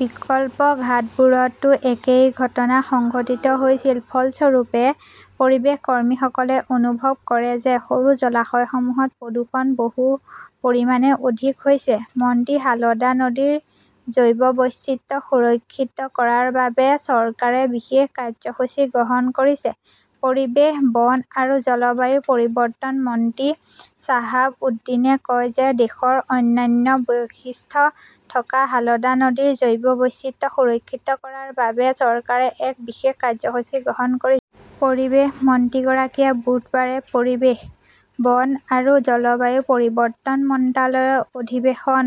বিকল্প ঘাটবোৰতো একেই ঘটনা সংঘটিত হৈছিল। ফলস্বৰূপে, পৰিৱেশ কৰ্মীসকলে অনুভৱ কৰে যে সৰু জলাশয়সমূহত প্ৰদূষণ বহু পৰিমাণে অধিক হৈছে। মন্ত্ৰীঃ হালদা নদীৰ জৈৱ বৈচিত্ৰ্য সুৰক্ষিত কৰাৰ বাবে চৰকাৰে বিশেষ কাৰ্যসূচী গ্ৰহণ কৰিছে পৰিৱেশ, বন আৰু জলবায়ু পৰিৱৰ্তন মন্ত্ৰী শ্বাহাব উদ্দিনে কয় যে দেশৰ অনন্য বৈশিষ্ট্য থকা হালদা নদীৰ জৈৱ বৈচিত্ৰ্য সুৰক্ষিত কৰাৰ বাবে চৰকাৰে এক বিশেষ কাৰ্যসূচী গ্ৰহণ কৰিছে। পৰিৱেশ মন্ত্ৰীগৰাকীয়ে বুধবাৰে পৰিৱেশ, বন আৰু জলবায়ু পৰিৱৰ্তন মন্ত্ৰালয়ৰ অধিৱেশন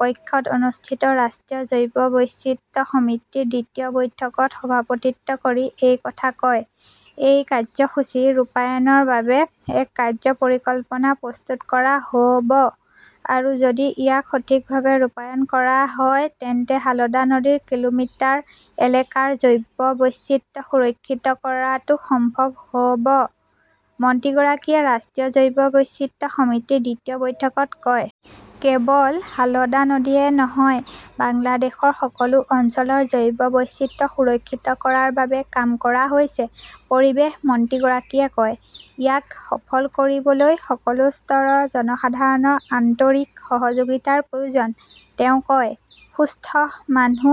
কক্ষত অনুষ্ঠিত ৰাষ্ট্ৰীয় জৈৱ বৈচিত্ৰ্য সমিতিৰ দ্বিতীয় বৈঠকত সভাপতিত্ব কৰি এই কথা কয়। "এই কাৰ্যসূচী ৰূপায়ণৰ বাবে এক কাৰ্য্য পৰিকল্পনা প্ৰস্তুত কৰা হ" ব আৰু যদি ইয়াক সঠিকভাৱে ৰূপায়ণ কৰা হয় তেন্তে হালদা নদীৰ কিলোমিটাৰ এলেকাৰ জৈৱ বৈচিত্ৰ্য সুৰক্ষিত কৰাটো সম্ভৱ হ "ব", মন্ত্ৰীগৰাকীয়ে ৰাষ্ট্ৰীয় জৈৱ বৈচিত্ৰ্য সমিতিৰ দ্বিতীয় বৈঠকত কয়। "কেৱল হালদা নদী নহয়, বাংলাদেশৰ সকলো অঞ্চলৰ জৈৱ বৈচিত্ৰ্য সুৰক্ষিত কৰাৰ বাবে কাম কৰা হৈছে", পৰিৱেশ মন্ত্ৰীগৰাকীয়ে কয়। "ইয়াক সফল কৰিবলৈ সকলো স্তৰৰ জনসাধাৰণৰ আন্তৰিক সহযোগিতাৰ প্ৰয়োজন", তেওঁ কয়। "সুস্থ মানুহ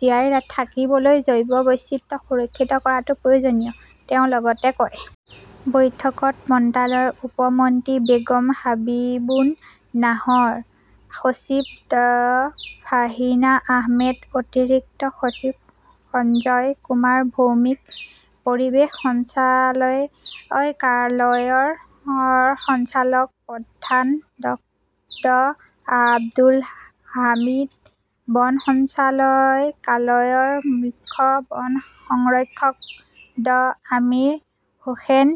জীয়াই থাকিবলৈ জৈৱ বৈচিত্ৰ্য সুৰক্ষিত কৰাটো প্ৰয়োজনীয়", তেওঁ লগতে কয়। বৈঠকত মন্ত্ৰালয়ৰ উপ মন্ত্ৰী বেগম হাবিবুন নাহৰ, সচিব ড ফাৰ্হিনা আহমেদ, অতিৰিক্ত সচিব সঞ্জয় কুমাৰ ভৌমিক, পৰিৱেশ সঞ্চালকালয়ৰ সঞ্চালক প্ৰধান ড আব্দুল হামিদ, বন সঞ্চালকালয়ৰ মুখ্য বন সংৰক্ষক ড আমিৰ হোসেন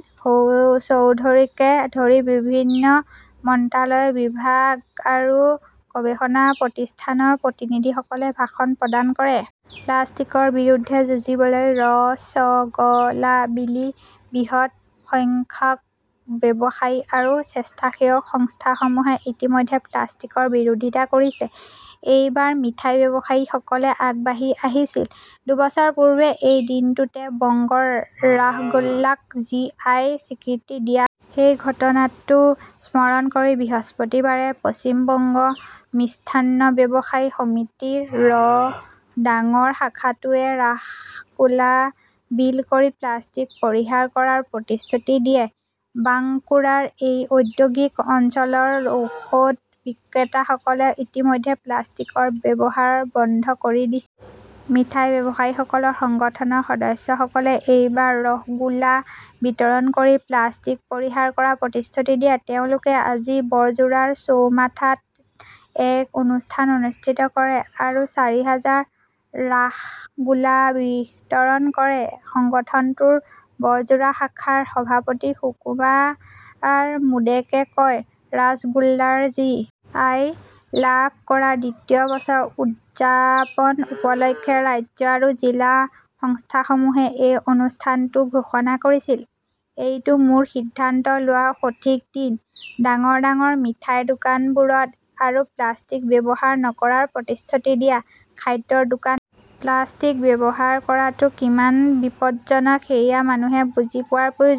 চৌধুৰীকে ধৰি বিভিন্ন মন্ত্ৰালয়, বিভাগ আৰু গৱেষণা প্ৰতিষ্ঠানৰ প্ৰতিনিধিসকলে ভাষণ প্ৰদান কৰে। প্লাষ্টিকৰ বিৰুদ্ধে যুঁজিবলৈ ৰ 'ছ' গ 'লা বিলি বৃহৎ সংখ্যক ব্যৱসায়ী আৰু স্বেচ্ছাসেৱক সংস্থাসমূহে ইতিমধ্যে প্লাষ্টিকৰ বিৰোধিতা কৰিছে। এইবাৰ মিঠাই ব্যৱসায়ীসকলে আগবাঢ়ি আহিছিল। দুবছৰ পূৰ্বে এই দিনটোতে বংগৰ ৰাসগোল্লাক জি. আই. স্বীকৃতি দিয়া হৈছিল। সেই ঘটনাটো স্মৰণ কৰি বৃহস্পতিবাৰে 'পশ্চিম বংগ মিষ্টান্ন ব্যৱসায়ী সমিতি "ৰ ডাঙৰ শাখাটোৱে ৰাছগোলা বিল কৰি প্লাষ্টিক পৰিহাৰ কৰাৰ প্ৰতিশ্ৰুতি দিয়ে। বাংকুৰাৰ এই ঔদ্যোগিক অঞ্চলৰ ঔষধ বিক্ৰেতাসকলে ইতিমধ্যে প্লাষ্টিকৰ ব্যৱহাৰ বন্ধ কৰি দিছে। মিঠাই ব্যৱসায়ীসকলৰ সংগঠনৰ সদস্যসকলে এইবাৰ ৰসগোলা বিতৰণ কৰি প্লাষ্টিক পৰিহাৰ কৰাৰ প্ৰতিশ্ৰুতি দিয়ে। তেওঁলোকে আজি বৰজোৰাৰ চৌমাঠাত এক অনুষ্ঠান অনুষ্ঠিত কৰে আৰু চাৰি হাজাৰ ৰাসগোলা বিতৰণ কৰে। সংগঠনটোৰ বৰজোৰা শাখাৰ সভাপতি সুকুমাৰ মোডেকে কয়, "ৰাজগোল্লাৰ জি. আই. লাভ কৰাৰ দ্বিতীয় বছৰ উদযাপন উপলক্ষে ৰাজ্য আৰু জিলা সংস্থাসমূহে এই অনুষ্ঠানটো ঘোষণা কৰিছিল। এইটো মোৰ সিদ্ধান্ত লোৱাৰ সঠিক দিন, ডাঙৰ ডাঙৰ মিঠাইৰ দোকানবোৰত আৰু প্লাষ্টিক ব্যৱহাৰ নকৰাৰ প্ৰতিশ্ৰুতি দিয়া। "খাদ্যৰ দোকানত প্লাষ্টিক ব্যৱহাৰ কৰাটো কিমান বিপজ্জনক সেয়া মানুহে বুজি পোৱাৰ প্ৰয়োজন